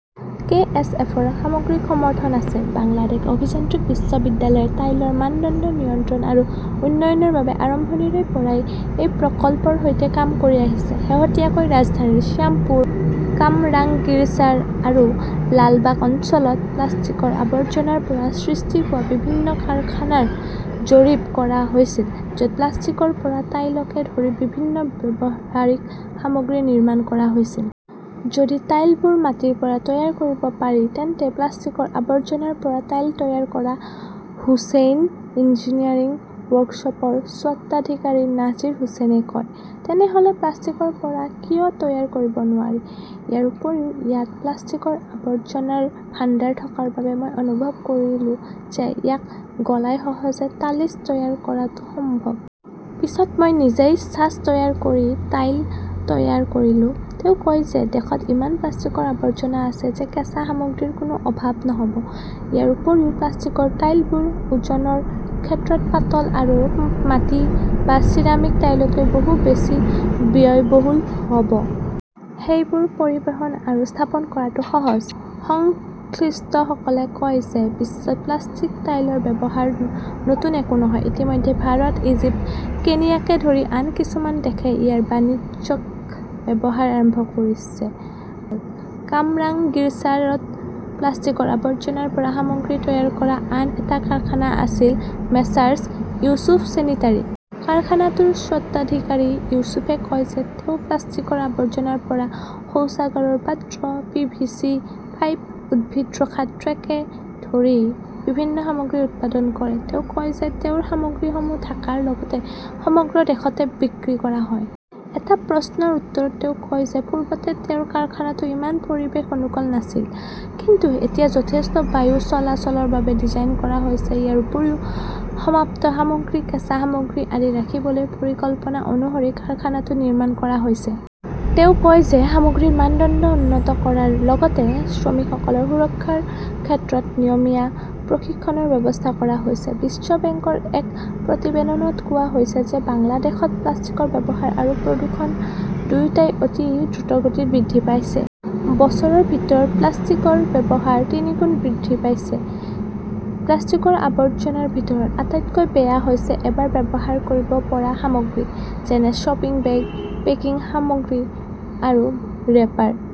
কে. S. F. ৰ সামগ্ৰিক সমৰ্থন আছে। বাংলাদেশ অভিযান্ত্ৰিক বিশ্ববিদ্যালয়ে টাইলৰ মানদণ্ড নিয়ন্ত্ৰণ আৰু উন্নয়নৰ বাবে আৰম্ভণিৰে পৰাই এই প্ৰকল্পৰ সৈতে কাম কৰি আহিছে। শেহতীয়াকৈ ৰাজধানীৰ শ্যামপুৰ, কামৰাংগীৰচাৰ আৰু লালবাগ অঞ্চলত প্লাষ্টিকৰ আৱৰ্জনাৰ পৰা সৃষ্টি হোৱা বিভিন্ন কাৰখানাৰ জৰীপ কৰা হৈছিল, য'ত প্লাষ্টিকৰ পৰা টাইলকে ধৰি বিভিন্ন ব্যৱহাৰিক সামগ্ৰী নিৰ্মাণ কৰা হৈছিল। যদি টাইলবোৰ মাটিৰ পৰা তৈয়াৰ কৰিব পাৰি তেন্তে প্লাষ্টিকৰ আৱৰ্জনাৰ পৰা টাইল তৈয়াৰ কৰা হোছেইন ইঞ্জিনিয়াৰিং ৱৰ্কশ্বপৰ স্বত্বাধিকাৰী নাজিৰ হোছেনে কয়। তেনেহ'লে প্লাষ্টিকৰ পৰা কিয় তৈয়াৰ কৰিব নোৱাৰি? ইয়াৰ উপৰিও ইয়াত প্লাষ্টিকৰ আৱৰ্জনাৰ ভাণ্ডাৰ থকাৰ বাবে মই অনুভৱ কৰিলো যে, ইয়াক গলাই সহজে টালিছ তৈয়াৰ কৰাটো সম্ভৱ। পিছত মই নিজেই ছাঁচ তৈয়াৰ কৰি টাইল তৈয়াৰ কৰিলো। তেওঁ কয় যে, দেশত ইমান প্লাষ্টিকৰ আৱৰ্জনা আছে যে কেঁচা সামগ্ৰীৰ কোনো অভাৱ নহ'ব। ইয়াৰ উপৰিও, প্লাষ্টিকৰ টাইলবোৰ ওজনৰ ক্ষেত্ৰত পাতল আৰু মাটি বা চিৰামিক টাইলতকৈ বহু বেছি ব্যয়বহুল হ 'ব। সেইবোৰ পৰিবহণ আৰু স্থাপন কৰাটো সহজ। সংশ্লিষ্টসকলে কয় যে বিশ্বত প্লাষ্টিক টাইলৰ ব্যৱহাৰ নতুন একো নহয়। ইতিমধ্যে ভাৰত, ইজিপ্ত, কেনিয়াকে ধৰি আন কিছুমান দেশে ইয়াৰ বাণিজ্যিক ব্যৱহাৰ আৰম্ভ কৰিছে। কামৰাংগীৰচাৰত প্লাষ্টিকৰ আৱৰ্জনাৰ পৰা সামগ্ৰী তৈয়াৰ কৰা আন এটা কাৰখানা আছিল মেছাৰ্ছ ইউছুফ ছেনিচাৰী। কাৰখানাটোৰ স্বত্বাধিকাৰী ইউছুফে কয় যে, তেওঁ প্লাষ্টিকৰ আৱৰ্জনাৰ পৰা শৌচাগাৰৰ পাত্ৰ, পি. ভি. চি. পাইপ, উদ্ভিদ ৰখা ট্ৰেকে ধৰি বিভিন্ন সামগ্ৰী উৎপাদন কৰে। তেওঁ কয় যে, তেওঁৰ সামগ্ৰীসমূহ ঢাকাৰ লগতে সমগ্ৰ দেশতে বিক্ৰী কৰা হয়। এটা প্ৰশ্নৰ উত্তৰত তেওঁ কয় যে পূৰ্বতে তেওঁৰ কাৰখানাটো ইমান পৰিৱেশ অনুকূল নাছিল। কিন্তু এতিয়া যথেষ্ট বায়ু চলাচলৰ বাবে ডিজাইন কৰা হৈছে। ইয়াৰ উপৰিও, সমাপ্ত সামগ্ৰী, কেঁচা সামগ্ৰী আদি ৰাখিবলৈ পৰিকল্পনা অনুসৰি কাৰখানাটো নিৰ্মাণ কৰা হৈছে। তেওঁ কয় যে সামগ্ৰীৰ মানদণ্ড উন্নত কৰাৰ লগতে শ্ৰমিকসকলৰ সুৰক্ষাৰ ক্ষেত্ৰত নিয়মীয়া প্ৰশিক্ষণৰ ব্যৱস্থা কৰা হৈছে। বিশ্ব বেংকৰ এক প্ৰতিবেদনত কোৱা হৈছে যে বাংলাদেশত প্লাষ্টিকৰ ব্যৱহাৰ আৰু প্ৰদূষণ দুয়োটাই অতি দ্ৰুতগতিত বৃদ্ধি পাইছে। বছৰৰ ভিতৰত প্লাষ্টিকৰ ব্যৱহাৰ তিনিগুণ বৃদ্ধি পাইছে। প্লাষ্টিকৰ আৱৰ্জনাৰ ভিতৰত আটাইতকৈ বেয়া হৈছে এবাৰ ব্যৱহাৰ কৰিব পৰা সামগ্ৰী, যেনে শ্বপিং বেগ, পেকিং সামগ্ৰী আৰু ৰেপাৰ।